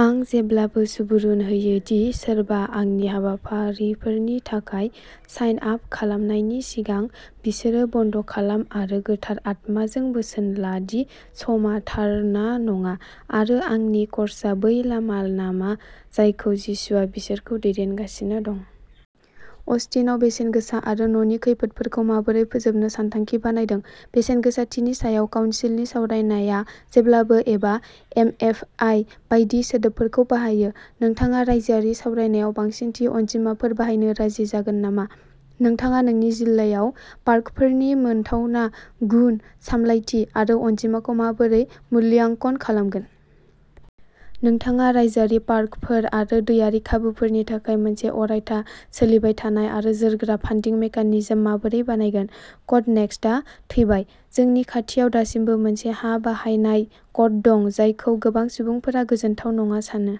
आं जेब्लाबो सुबुरुन होयो दि सोरबा आंनि हाबाफारिफोरनि थाखाय साइन आप खालामनायनि सिगां, बिसोरो बन्द'खालाम आरो गोथार आत्माजों बोसोन ला दि समआ थार ना नङा आरो आंनि कर्सआ बै लामा नामा जायखौ जिसुआ बिसोरखौ दैदेनगासिनो दं। अस्टिनआव बेसेनगोसा आरो न'नि खैफोदफोरखौ माबोरै फोजोबनो सानथांखि बानायदों? बेसेनगोसाथिनि सायाव काउनसिलनि सावरायनाया जेब्लाबो एबा एमएफआइ बायदि सोदोबफोरखौ बाहायो। नोंथाङा रायजोआरि सावरायनायाव बांसिन थि अनजिमाफोर बाहायनो राजि जागोन नामा? नोंथाङा नोंथांनि जिल्लायाव पार्कफोरनि मोनथावना, गुन, सामलायथि आरो अनजिमाखौ माबोरै मूल्याङ्कन खालामगोन? नोंथाङा रायजोआरि पार्कफोर आरो दैआरि खाबुफोरनि थाखाय मोनसे अरायथा, सोलिबाय थानाय आरो जोरग्रा फान्डिं मेकानिजम माबोरै बानायगोन? क'ड नेक्सटआ थैबाय। जोंनि खाथियाव दासिमबो मोनसे हा बाहायनाय क'ड दं जायखौ गोबां सुबुंफोरा गोजोनथाव नङा सानो।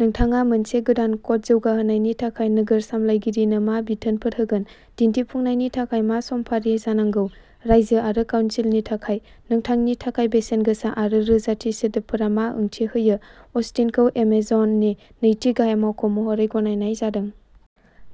नोंथाङा मोनसे गोदान क'ड जौगाहोनायनि थाखाय नोगोर सामलायगिरिनो मा बिथोनफोर होगोन? दिन्थिफुंनायनि थाखाय मा समफारि जानांगौ? राइजो आरो काउनसिलनि थाखाय? नोंथांनि थाखाय बेसेनगोसा आरो रोजाथि सोदोबफोरा मा ओंथि होयो? अस्टिनखौ एमेजननि नैथि गाहाय मावख'महरै गनायनाय जादों।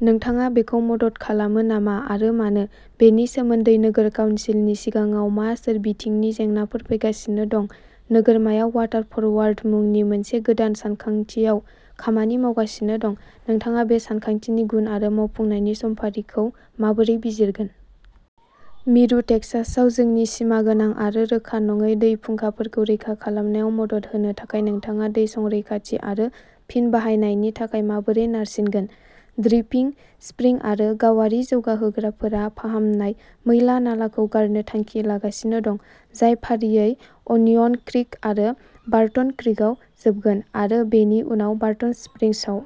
नोंथाङा बेखौ मदद खालामो नामा, आरो मानो? बेनि सोमोनदै नोगोर काउनसिलनि सिगाङाव मा सोरबिथिंनि जेंनाफोर फैगासिनो दं? नोगोरमाया वाटार फरवार्ड मुंनि मोनसे गोदान सानथांखिआव खामानि मावगासिनो दं। नोंथाङा बे सानथांखिनि गुन आरो मावफुंनायनि समफारिखौ माबोरै बिजिरगोन? मिरु टेक्सासआव जोंनि सिमागोनां आरो रोखा नङै दै फुंखाफोरखौ रैखा खालामनायाव मदद होनो थाखाय नोंथाङा दै संरैखाथि आरो फिन बाहायनायनि थाखाय माबोरै नारसिनगोन? ड्रिपिं स्प्रिं आरो गावारि जौगाहोग्राफोरा फाहामनाय मैला-नालाखौ गारनो थांखि लागासिनो दं, जाय फारियै अनियन क्रिक आरो बार्टन क्रिकआव जोबगोन, आरो बेनि उनाव बार्टन स्प्रिंसाव।